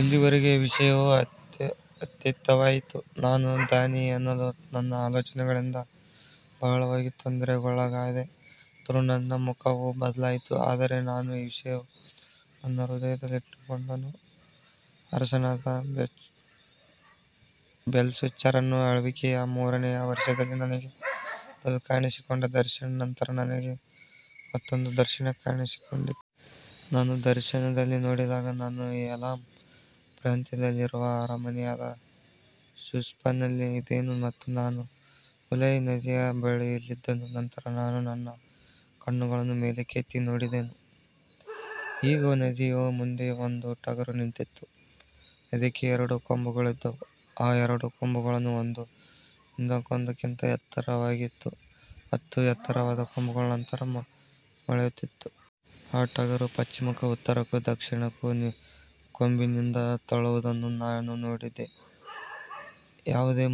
ಇಲ್ಲಿಯವರೆಗೆ ವಿಷಯವು ಅಂತ್ಯವಾಯಿತು. ನಾನು ದಾನಿಯೇಲನು ನನ್ನ ಆಲೋಚನೆಗಳಿಂದ ಬಹಳವಾಗಿ ತೊಂದರೆಗೊಳಗಾದೆನು ಮತ್ತು ನನ್ನ ಮುಖವು ಬದಲಾಯಿತು, ಆದರೆ ನಾನು ಈ ವಿಷಯವನ್ನು ನನ್ನ ಹೃದಯದಲ್ಲಿ ಇಟ್ಟುಕೊಂಡೆನು. ಅರಸನಾದ ಬೇಲ್ಶಚ್ಚರನ ಆಳ್ವಿಕೆಯ ಮೂರನೆಯ ವರ್ಷದಲ್ಲಿ ನನಗೆ ಮೊದಲು ಕಾಣಿಸಿಕೊಂಡ ದರ್ಶನದ ನಂತರ ನನಗೆ ಮತ್ತೊಂದು ದರ್ಶನ ಕಾಣಿಸಿಕೊಂಡಿತು. ನಾನು ದರ್ಶನದಲ್ಲಿ ನೋಡಿದಾಗ, ನಾನು ಏಲಾಮ್ ಪ್ರಾಂತ್ಯದಲ್ಲಿರುವ ಅರಮನೆಯಾದ ಶೂಷನ್ನಲ್ಲಿ ಇದ್ದೆನು ಮತ್ತು ನಾನು ಉಲೈ ನದಿಯ ಬಳಿಯಲ್ಲಿದ್ದೆನು. ನಂತರ ನಾನು ನನ್ನ ಕಣ್ಣುಗಳನ್ನು ಮೇಲಕ್ಕೆತ್ತಿ ನೋಡಿದೆನು. ಇಗೋ, ನದಿಯ ಮುಂದೆ ಒಂದು ಟಗರು ನಿಂತಿತ್ತು. ಅದಕ್ಕೆ ಎರಡು ಕೊಂಬುಗಳಿದ್ದವು. ಆ ಎರಡು ಕೊಂಬುಗಳಲ್ಲಿ ಒಂದು ಇನ್ನೊಂದಕ್ಕಿಂತ ಎತ್ತರವಾಗಿತ್ತು ಮತ್ತು ಎತ್ತರವಾದ ಕೊಂಬು ನಂತರ ಮೊಳೆತಿತ್ತು. ಆ ಟಗರು ಪಶ್ಚಿಮಕ್ಕೂ ಉತ್ತರಕ್ಕೂ ದಕ್ಷಿಣಕ್ಕೂ ಕೊಂಬಿನಿಂದ ತಳ್ಳುವುದನ್ನು ನಾನು ನೋಡಿದೆನು. ಯಾವುದೇ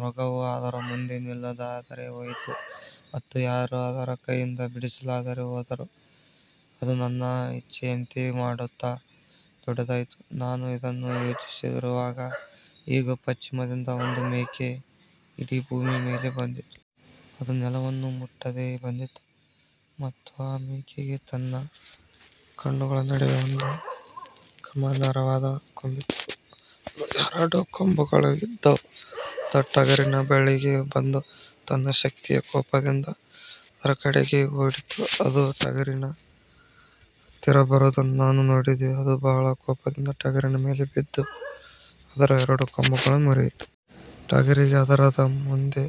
ಮೃಗವೂ ಅದರ ಮುಂದೆ ನಿಲ್ಲಲಾರದೆ ಹೋಯಿತು ಮತ್ತು ಯಾರೂ ಅದರ ಕೈಯಿಂದ ಬಿಡಿಸಲಾರದೆ ಹೋದರು. ಅದು ತನ್ನ ಇಚ್ಛೆಯಂತೆ ಮಾಡುತ್ತಾ ದೊಡ್ಡದಾಯಿತು. ನಾನು ಇದನ್ನು ಯೋಚಿಸುತ್ತಿರುವಾಗ, ಇಗೋ, ಪಶ್ಚಿಮದಿಂದ ಒಂದು ಮೇಕೆ ಇಡೀ ಭೂಮಿಯ ಮೇಲೆ ಬಂತು. ಅದು ನೆಲವನ್ನು ಮುಟ್ಟದೆ ಬಂದಿತು ಮತ್ತು ಆ ಮೇಕೆಗೆ ತನ್ನ ಕಣ್ಣುಗಳ ನಡುವೆ ಒಂದು ಗಮನಾರ್ಹವಾದ ಕೊಂಬಿತ್ತು. ಅದು ಎರಡು ಕೊಂಬುಗಳಿದ್ದ ಟಗರಿನ ಬಳಿಗೆ ಬಂದು ತನ್ನ ಶಕ್ತಿಯ ಕೋಪದಿಂದ ಅದರ ಕಡೆಗೆ ಓಡಿತು. ಅದು ಟಗರಿನ ಹತ್ತಿರ ಬರುವುದನ್ನು ನಾನು ನೋಡಿದೆನು. ಅದು ಬಹಳ ಕೋಪದಿಂದ ಟಗರಿನ ಮೇಲೆ ಬಿದ್ದು ಅದರ ಎರಡು ಕೊಂಬುಗಳನ್ನು ಮುರಿಯಿತು. ಟಗರಿಗೆ ಅದರ ಮುಂದೆ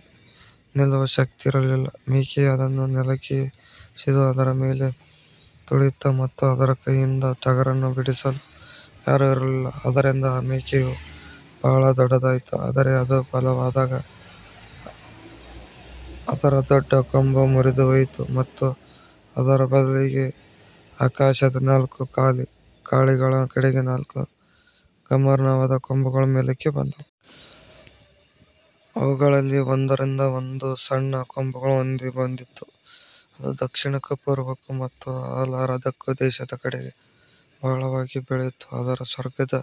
ನಿಲ್ಲುವ ಶಕ್ತಿಯಿರಲಿಲ್ಲ. ಮೇಕೆಯು ಅದನ್ನು ನೆಲಕ್ಕೆ ಎಸೆದು ಅದರ ಮೇಲೆ ತುಳಿಯಿತು ಮತ್ತು ಅದರ ಕೈಯಿಂದ ಟಗರನ್ನು ಬಿಡಿಸಲು ಯಾರೂ ಇರಲಿಲ್ಲ. ಆದ್ದರಿಂದ ಆ ಮೇಕೆಯು ಬಹಳ ದೊಡ್ಡದಾಯಿತು. ಆದರೆ ಅದು ಬಲವಾದಾಗ ಅದರ ದೊಡ್ಡ ಕೊಂಬು ಮುರಿದುಹೋಯಿತು ಮತ್ತು ಅದರ ಬದಲಿಗೆ ಆಕಾಶದ ನಾಲ್ಕು ಗಾಳಿಗಳ ಕಡೆಗೆ ನಾಲ್ಕು ಗಮನಾರ್ಹವಾದ ಕೊಂಬುಗಳು ಮೇಲಕ್ಕೆ ಬಂದವು. ಅವುಗಳಲ್ಲಿ ಒಂದರಿಂದ ಒಂದು ಸಣ್ಣ ಕೊಂಬು ಹೊರಬಂದಿತು. ಅದು ದಕ್ಷಿಣಕ್ಕೂ ಪೂರ್ವಕ್ಕೂ ಮತ್ತು ಆಹ್ಲಾದಕರ ದೇಶದ ಕಡೆಗೂ ಬಹಳವಾಗಿ ಬೆಳೆಯಿತು. ಅದು ಸ್ವರ್ಗದ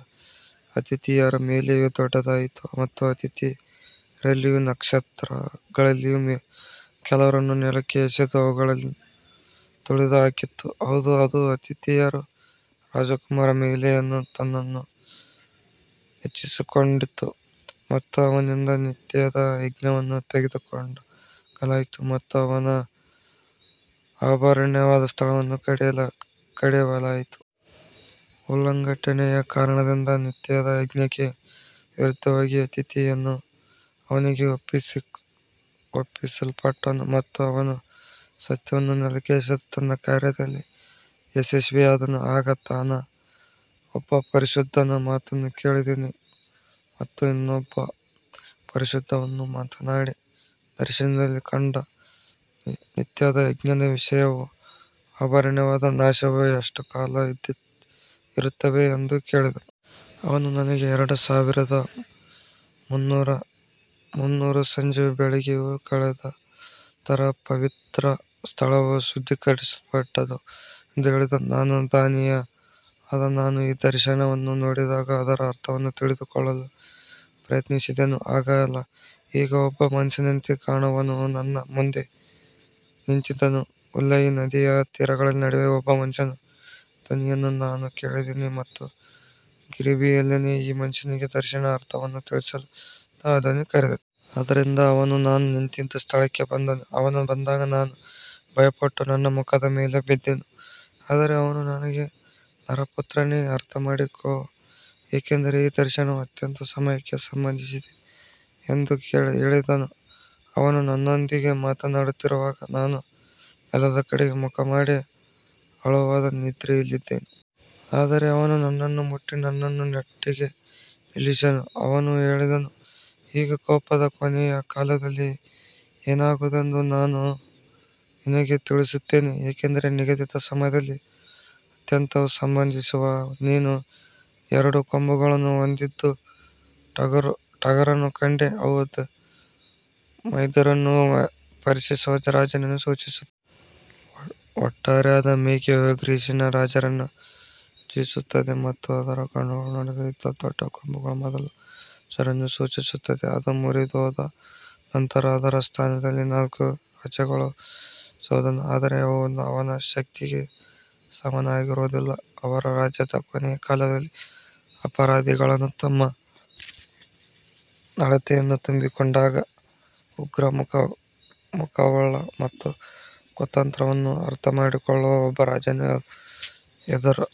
ಆತಿಥೇಯರ ಮೇಲೆಯೂ ದೊಡ್ಡದಾಯಿತು ಮತ್ತು ಆತಿಥೇಯರಲ್ಲಿಯೂ ನಕ್ಷತ್ರಗಳಲ್ಲಿಯೂ ಕೆಲವರನ್ನು ನೆಲಕ್ಕೆ ಎಸೆದು ಅವುಗಳನ್ನು ತುಳಿದುಹಾಕಿತು. ಹೌದು, ಅದು ಆತಿಥೇಯರ ರಾಜಕುಮಾರನ ಮೇಲೆಯೂ ತನ್ನನ್ನು ಹೆಚ್ಚಿಸಿಕೊಂಡಿತು ಮತ್ತು ಅವನಿಂದ ನಿತ್ಯದ ಯಜ್ಞವನ್ನು ತೆಗೆದುಹಾಕಲಾಯಿತು ಮತ್ತು ಅವನ ಅಭಯಾರಣ್ಯದ ಸ್ಥಳವನ್ನು ಕೆಡವಲಾಯಿತು. ಉಲ್ಲಂಘನೆಯ ಕಾರಣದಿಂದ ನಿತ್ಯದ ಯಜ್ಞಕ್ಕೆ ವಿರುದ್ಧವಾಗಿ ಆತಿಥೇಯನು ಅವನಿಗೆ ಒಪ್ಪಿಸಲ್ಪಟ್ಟನು ಮತ್ತು ಅವನು ಸತ್ಯವನ್ನು ನೆಲಕ್ಕೆ ಎಸೆದು ತನ್ನ ಕಾರ್ಯದಲ್ಲಿ ಯಶಸ್ವಿಯಾದನು. ಆಗ ನಾನು ಒಬ್ಬ ಪರಿಶುದ್ಧನ ಮಾತನ್ನು ಕೇಳಿದೆನು ಮತ್ತು ಇನ್ನೊಬ್ಬ ಪರಿಶುದ್ಧನು ಮಾತನಾಡಿ, ದರ್ಶನದಲ್ಲಿ ಕಂಡ ನಿತ್ಯದ ಯಜ್ಞದ ವಿಷಯವೂ ಅಭಯಾರಣ್ಯದ ನಾಶವೂ ಎಷ್ಟು ಕಾಲ ಇರುತ್ತವೆ ಎಂದು ಕೇಳಿದನು. ಅವನು ನನಗೆ, ಎರಡು ಸಾವಿರದ ಮುನ್ನೂರು ಸಂಜೆಯೂ ಬೆಳಗ್ಗೆಯೂ ಕಳೆದ ನಂತರ ಪವಿತ್ರ ಸ್ಥಳವು ಶುದ್ಧೀಕರಿಸಲ್ಪಡುವುದು ಎಂದು ಹೇಳಿದನು. ನಾನು ದಾನಿಯೇಲನಾದ ನಾನು ಈ ದರ್ಶನವನ್ನು ನೋಡಿದಾಗ ಅದರ ಅರ್ಥವನ್ನು ತಿಳಿದುಕೊಳ್ಳಲು ಪ್ರಯತ್ನಿಸಿದೆನು. ಆಗ ಇಗೋ, ಒಬ್ಬ ಮನುಷ್ಯನಂತೆ ಕಾಣುವವನು ನನ್ನ ಮುಂದೆ ನಿಂತಿದ್ದನು. ಉಲೈ ನದಿಯ ತೀರಗಳ ನಡುವೆ ಒಬ್ಬ ಮನುಷ್ಯನ ಧ್ವನಿಯನ್ನು ನಾನು ಕೇಳಿದೆನು ಮತ್ತು ಗೇಬ್ರಿಯೇಲನೇ, ಈ ಮನುಷ್ಯನಿಗೆ ದರ್ಶನದ ಅರ್ಥವನ್ನು ತಿಳಿಸು ಎಂದು ಆ ಧ್ವನಿಯು ಕರೆದಿತು. ಆದ್ದರಿಂದ ಅವನು ನಾನು ನಿಂತಿದ್ದ ಸ್ಥಳಕ್ಕೆ ಬಂದನು. ಅವನು ಬಂದಾಗ ನಾನು ಭಯಪಟ್ಟು ನನ್ನ ಮುಖದ ಮೇಲೆ ಬಿದ್ದೆನು. ಆದರೆ ಅವನು ನನಗೆ, ನರಪುತ್ರನೇ, ಅರ್ಥಮಾಡಿಕೋ, ಏಕೆಂದರೆ ಈ ದರ್ಶನವು ಅಂತ್ಯದ ಸಮಯಕ್ಕೆ ಸಂಬಂಧಿಸಿದೆ ಎಂದು ಹೇಳಿದನು. ಅವನು ನನ್ನೊಂದಿಗೆ ಮಾತನಾಡುತ್ತಿರುವಾಗ ನಾನು ನೆಲದ ಕಡೆಗೆ ಮುಖಮಾಡಿ ಆಳವಾದ ನಿದ್ರೆಯಲ್ಲಿದ್ದೆನು. ಆದರೆ ಅವನು ನನ್ನನ್ನು ಮುಟ್ಟಿ ನನ್ನನ್ನು ನೆಟ್ಟಗೆ ನಿಲ್ಲಿಸಿದನು. ಅವನು ಹೇಳಿದನು, ಇಗೋ, ಕೋಪದ ಕೊನೆಯ ಕಾಲದಲ್ಲಿ ಏನಾಗುವುದೆಂದು ನಾನು ನಿನಗೆ ತಿಳಿಸುತ್ತೇನೆ, ಏಕೆಂದರೆ ನಿಗದಿತ ಸಮಯದಲ್ಲಿ ಅಂತ್ಯವು ಸಂಭವಿಸುವುದು. ನೀನು ಎರಡು ಕೊಂಬುಗಳನ್ನು ಹೊಂದಿದ್ದ ಟಗರನ್ನು ಕಂಡೆ. ಅವು ಮೇದ್ಯರ ಮತ್ತು ಪರ್ಷಿಯರ ರಾಜರನ್ನು ಸೂಚಿಸುತ್ತವೆ. ಒರಟಾದ ಮೇಕೆಯು ಗ್ರೀಸಿಯ ರಾಜನನ್ನು ಸೂಚಿಸುತ್ತದೆ ಮತ್ತು ಅದರ ಕಣ್ಣುಗಳ ನಡುವೆ ಇದ್ದ ದೊಡ್ಡ ಕೊಂಬು ಮೊದಲ ರಾಜನನ್ನು ಸೂಚಿಸುತ್ತದೆ. ಅದು ಮುರಿದುಹೋದ ನಂತರ ಅದರ ಸ್ಥಾನದಲ್ಲಿ ನಾಲ್ಕು ರಾಜ್ಯಗಳು ಉದಯಿಸುವವು, ಆದರೆ ಅವು ಅವನ ಶಕ್ತಿಗೆ ಸಮನಾಗಿರುವುದಿಲ್ಲ. ಅವರ ರಾಜ್ಯದ ಕೊನೆಯ ಕಾಲದಲ್ಲಿ, ಅಪರಾಧಿಗಳು ತಮ್ಮ ಅಳತೆಯನ್ನು ತುಂಬಿಕೊಂಡಾಗ, ಉಗ್ರ ಮುಖವುಳ್ಳ ಮತ್ತು ಕುತಂತ್ರವನ್ನು ಅರ್ಥಮಾಡಿಕೊಳ್ಳುವ ಒಬ್ಬ ರಾಜನು ಎದ್ದುಬರುವನು.